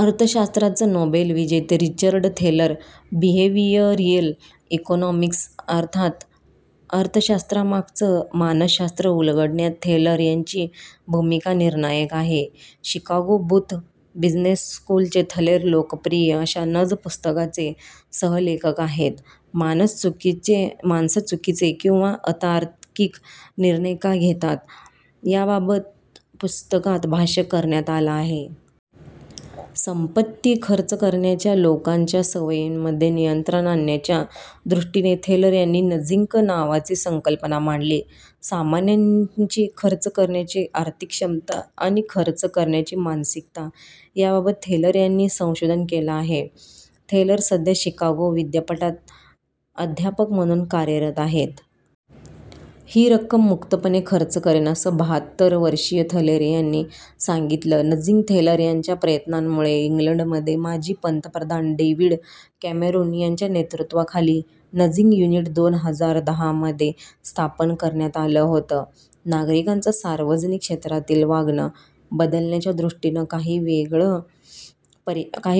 अर्थशास्त्राचं Nobel विजेते Richard Thaler 'behavioural economics' अर्थात अर्थशास्त्रामागचं मानसशास्त्र उलगडण्यात थेलर यांची भूमिका निर्णायक आहे. शिकागो बूथ बिझनेस स्कूलचे थलेर लोकप्रिय अशा 'नज' पुस्तकाचे सहलेखक आहेत. माणसं चुकीचे किंवा अतार्किक निर्णय का घेतात याबाबत पुस्तकात भाष्य करण्यात आलं आहे. संपत्ती खर्च करण्याच्या लोकांच्या सवयींमध्ये नियंत्रण आणण्याच्या दृष्टीने थेलर यांनी नजिंग नावाची संकल्पना मांडली. सामान्यांची खर्च करण्याची आर्थिक क्षमता आणि खर्च करण्याची मानसिकता याबाबत थेलर यांनी संशोधन केलं आहे. थेलर सध्या शिकागो विद्यापीठात अध्यापक म्हणून कार्यरत आहेत. ही रक्कम मुक्तपणे खर्च करेन असं बहात्तर वर्षीय थलेर यांनी सांगितलं नजिंग थेलर यांच्या प्रयत्नांमुळे इंग्लंडमध्ये माजी पंतप्रधान डेव्हिड कॅमेरुन यांच्या नेतृत्वाखाली नजिंग युनिट दोन हजार दहा मध्ये स्थापन करण्यात आलं होतं. नागरिकांचं सार्वजनिक क्षेत्रातील वागणं बदलण्याच्या दृष्टीनं काही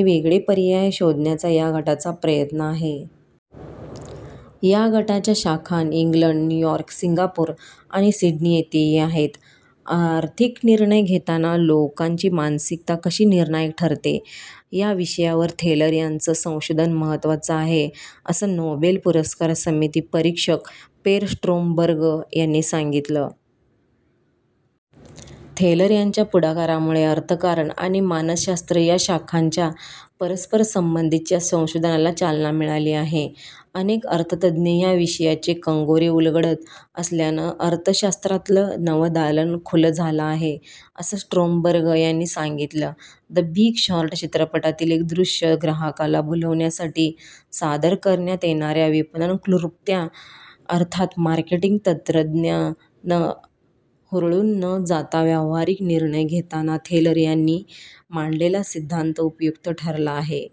वेगळे पर्याय शोधण्याचा या गटाचा प्रयत्न आहे. या गटाच्या शाखा इंग्लंड, न्यूयॉर्क, सिंगापूर आणि सिडनी इथेही आहेत. आर्थिक निर्णय घेताना लोकांची मानसिकता कशी निर्णायक ठरते या विषयावर थेलर यांचं संशोधन महत्त्वाचं आहे असं नोबेल पुरस्कार समिती परीक्षक पेर स्ट्रोमबर्ग यांनी सांगितलं. थेलर यांच्या पुढाकारामुळे अर्थकारण आणि मानसशास्त्र या शाखांच्या परस्परसंबंधीच्या संशोधनाला चालना मिळाली आहे. अनेक अर्थतज्ञ या विषयाचे कंगोरे उलगडत असल्यानं अर्थशास्त्रातलं नवं दालन खुलं झालं आहे असं स्ट्रोमबर्ग यांनी सांगितलं. द बिग शॉर्ट चित्रपटातील एक दृश्य ग्राहकाला भुलवण्यासाठी सादर करण्यात येणाऱ्या विपणन क्लृप्त्या अर्थात मार्केटिंग तंत्रानं हुरळून न जाता व्यावहारिक निर्णय घेताना थेलर यांनी मांडलेला सिद्धांत उपयुक्त ठरला आहे.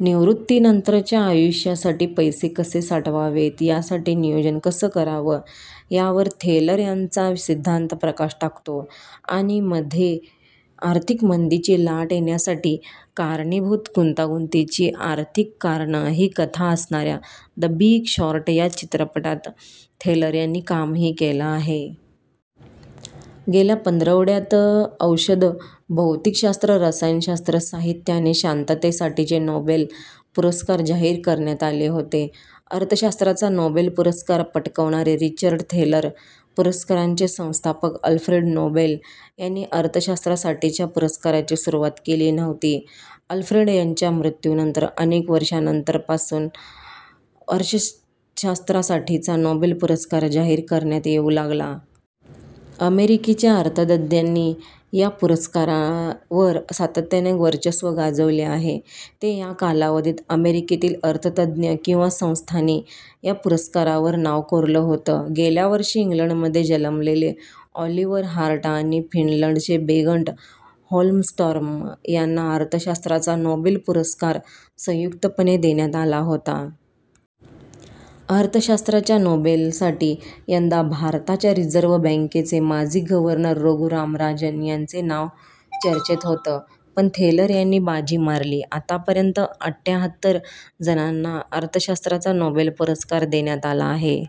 निवृत्तीनंतरच्या आयुष्यासाठी पैसे कसे साठवावेत यासाठी नियोजन कसं करावं यावर थेलर यांचा सिद्धांत प्रकाश टाकतो. आणि मध्ये आर्थिक मंदीची लाट येण्यासाठी कारणीभूत गुंतागुंतीची आर्थिक कारणं ही कथा असणाऱ्या 'द बिग शॉर्ट' या चित्रपटात थेलर यांनी कामही केलं होतं. गेल्या पंधरवड्यात औषध, भौतिकशास्त्र, रसायनशास्त्र, साहित्य आणि शांततेसाठीचे नोबेल पुरस्कार जाहीर करण्यात आले होते. अर्थशास्त्राचा नोबेल पुरस्कार पटकावणारे रिचर्ड थेलर पुरस्कारांचे संस्थापक अल्फ्रेड नोबेल यांनी अर्थशास्त्रासाठीच्या पुरस्काराची सुरुवात केली नव्हती. अल्फ्रेड यांच्या मृत्यूनंतर अनेक वर्षानंतर पासून अर्थशास्त्रासाठीचा नोबेल पुरस्कार जाहीर करण्यात येऊ लागला. अमेरिकेच्या अर्थतज्ज्ञांनी या पुरस्कारावर सातत्यानं वर्चस्व गाजवले आहे. ते या कालावधीत अमेरिकेतील अर्थतज्ज्ञ किंवा संस्थांनी या पुरस्कारावर नाव कोरलं होतं. गेल्यावर्षी इंग्लंडमध्ये जन्मलेले ऑलिव्हर हार्ट आणि फिनलंडचे बेंगट होल्मस्टॉर्म यांना अर्थशास्त्राचा नोबेल पुरस्कार संयुक्तपणे देण्यात आला होता. अर्थशास्त्राच्या नोबेलसाठी यंदा भारताच्या रिझर्व्ह बँकेचे माजी गव्हर्नर रघुराम राजन यांचे नाव चर्चेत होतं. पण थेलर यांनी बाजी मारली. आतापर्यंत अठ्ठ्याहत्तर जणांना अर्थशास्त्राचा नोबेल पुरस्कार देण्यात आला आहे.